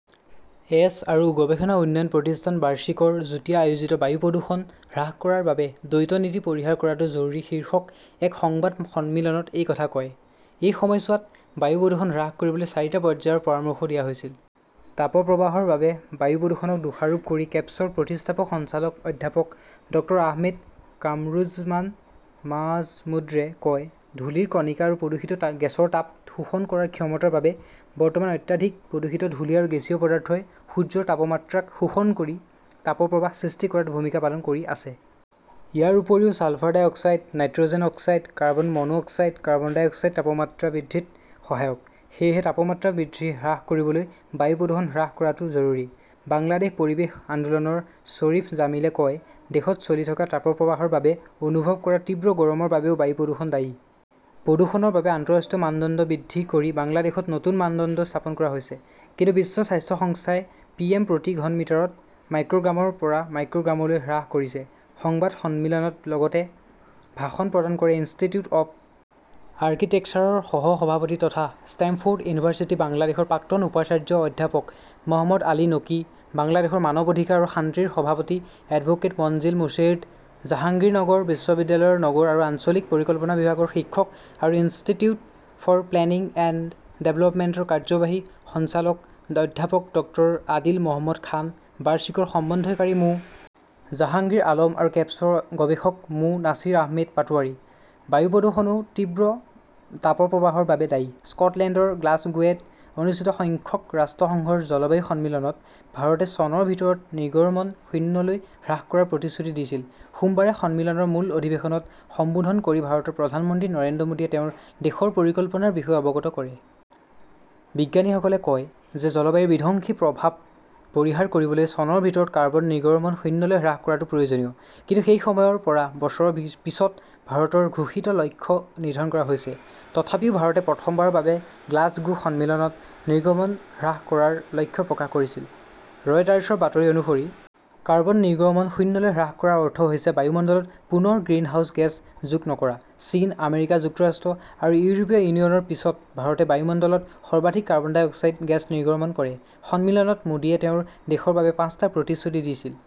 S. আৰু গৱেষণা উন্নয়ন প্ৰতিষ্ঠান বাৰ্চিকৰ যুটীয়া আয়োজিত 'বায়ু প্ৰদূষণ হ্ৰাস কৰাৰ বাবে দ্বৈত নীতি পৰিহাৰ কৰাটো জৰুৰী শীৰ্ষক এক সংবাদ সন্মিলনত এই কথা কয়। এই সময়ছোৱাত বায়ু প্ৰদূষণ হ্ৰাস কৰিবলৈ চাৰিটা পৰ্যায়ৰ পৰামৰ্শও দিয়া হৈছিল। তাপ প্ৰবাহৰ বাবে বায়ু প্ৰদূষণক দোষাৰোপ কৰি কেপছৰ প্ৰতিষ্ঠাপক সঞ্চালক অধ্যাপক ডক্তৰ আহমেদ কামৰুজ্জমান মাজ্মুদ্ৰে কয়, ধূলিৰ কণিকা আৰু প্ৰদূষিত গেছৰ তাপ শোষণ কৰাৰ ক্ষমতাৰ বাবে বৰ্তমান অত্যাধিক প্ৰদূষিত ধূলি আৰু গেছীয় পদাৰ্থই সূৰ্যৰ তাপমাত্ৰাক শোষণ কৰি তাপ প্ৰবাহ সৃষ্টি কৰাত ভূমিকা পালন কৰি আছে। ইয়াৰ উপৰিও sulphur dioxide, nitrogen oxide, carbon monoxide, carbon dioxide তাপমাত্ৰা বৃদ্ধিত সহায়ক। সেয়েহে তাপমাত্ৰা বৃদ্ধি হ্ৰাস কৰিবলৈ বায়ু প্ৰদূষণ হ্ৰাস কৰাটো জৰুৰী। বাংলাদেশ পৰিৱেশ আন্দোলনৰ শ্বৰীফ জামিলে কয়, দেশত চলি থকা তাপ প্ৰবাহৰ বাবে অনুভৱ কৰা তীব্ৰ গৰমৰ বাবেও বায়ু প্ৰদূষণ দায়ী। প্ৰদূষণৰ বাবে আন্তঃৰাষ্ট্ৰীয় মানদণ্ড বৃদ্ধি কৰি বাংলাদেশত নতুন মানদণ্ড স্থাপন কৰা হৈছে। কিন্তু বিশ্ব স্বাস্থ্য সংস্থাই পিএম প্ৰতি ঘন মিটাৰত মাইক্ৰʼগ্ৰামৰ পৰা মাইক্ৰʼগ্ৰামলৈ হ্ৰাস কৰিছে। সংবাদ সন্মিলনত লগতে ভাষণ প্ৰদান কৰে ইনষ্টিটিউট অৱ আৰ্কিটেক্সাৰৰ সহ-সভাপতি তথা ষ্টেমফৰ্ড ইউনিভাৰ্চিটি বাংলাদেশৰ প্ৰাক্তন উপাচাৰ্য অধ্যাপক মহম্মদ আলী নকী, বাংলাদেশৰ মানৱ অধিকাৰ আৰু শান্তি ৰ সভাপতি এডভোকেট মনজিল মোৰ্ছেড, জাহাংগীৰনগৰ বিশ্ববিদ্যালয়ৰ নগৰ আৰু আঞ্চলিক পৰিকল্পনা বিভাগৰ শিক্ষক আৰু institute for planning and development ৰ কাৰ্যবাহী সঞ্চালক অধ্যাপক ডক্তৰ আদিল মহম্মদ খান, বাৰচিকৰ সমন্বয়কাৰী মো. জাহাংগীৰ আলম আৰু কেপছৰ গৱেষক মো. নাছিৰ আহমেদ পাটোৱাৰী। বায়ু প্ৰদূষণও তীব্ৰ তাপ প্ৰবাহৰ বাবে দায়ী। স্কটলেণ্ডৰ গ্লাছগোৱেত অনুষ্ঠিত সংখ্যক ৰাষ্ট্ৰসংঘৰ জলবায়ু সন্মিলনত ভাৰতে চনৰ ভিতৰত নিৰ্গমন শূন্যলৈ হ্ৰাস কৰাৰ প্ৰতিশ্ৰুতি দিছিল। সোমবাৰে সন্মিলনৰ মূল অধিৱেশনত সম্বোধন কৰি ভাৰতৰ প্ৰধানমন্ত্ৰী নৰেন্দ্ৰ মোদীয়ে তেওঁৰ দেশৰ পৰিকল্পনাৰ বিষয়ে অৱগত কৰে। বিজ্ঞানীসকলে কয় যে জলবায়ুৰ বিধ্বংসী প্ৰভাৱ পৰিহাৰ কৰিবলৈ চনৰ ভিতৰত কাৰ্বন নিৰ্গমন শূন্যলৈ হ্ৰাস কৰাটো প্ৰয়োজনীয়। কিন্তু সেই সময়ৰ পৰা বছৰৰ পিছত ভাৰতৰ ঘোষিত লক্ষ্য নিৰ্ধাৰণ কৰা হৈছে। তথাপিও ভাৰতে প্ৰথমবাৰৰ বাবে গ্লাছগো সন্মিলনত নিৰ্গমন হ্ৰাস কৰাৰ লক্ষ্য প্ৰকাশ কৰিছিল, ৰয়টাৰ্ছৰ বাতৰি অনুসৰি। কাৰ্বন নিৰ্গমন শূন্যলৈ হ্ৰাস কৰাৰ অৰ্থ হৈছে বায়ুমণ্ডলত পুনৰ গ্ৰিনহাউজ গেছ যোগ নকৰা। চীন, আমেৰিকা যুক্তৰাষ্ট্ৰ আৰু ইউৰোপীয় ইউনিয়নৰ পিছত ভাৰতে বায়ুমণ্ডলত সৰ্বাধিক কাৰ্বন ডাই অক্সাইড গেছ নিৰ্গমন কৰে। সন্মিলনত মোদীয়ে তেওঁৰ দেশৰ বাবে পাঁচটা প্ৰতিশ্ৰুতি দিছিল।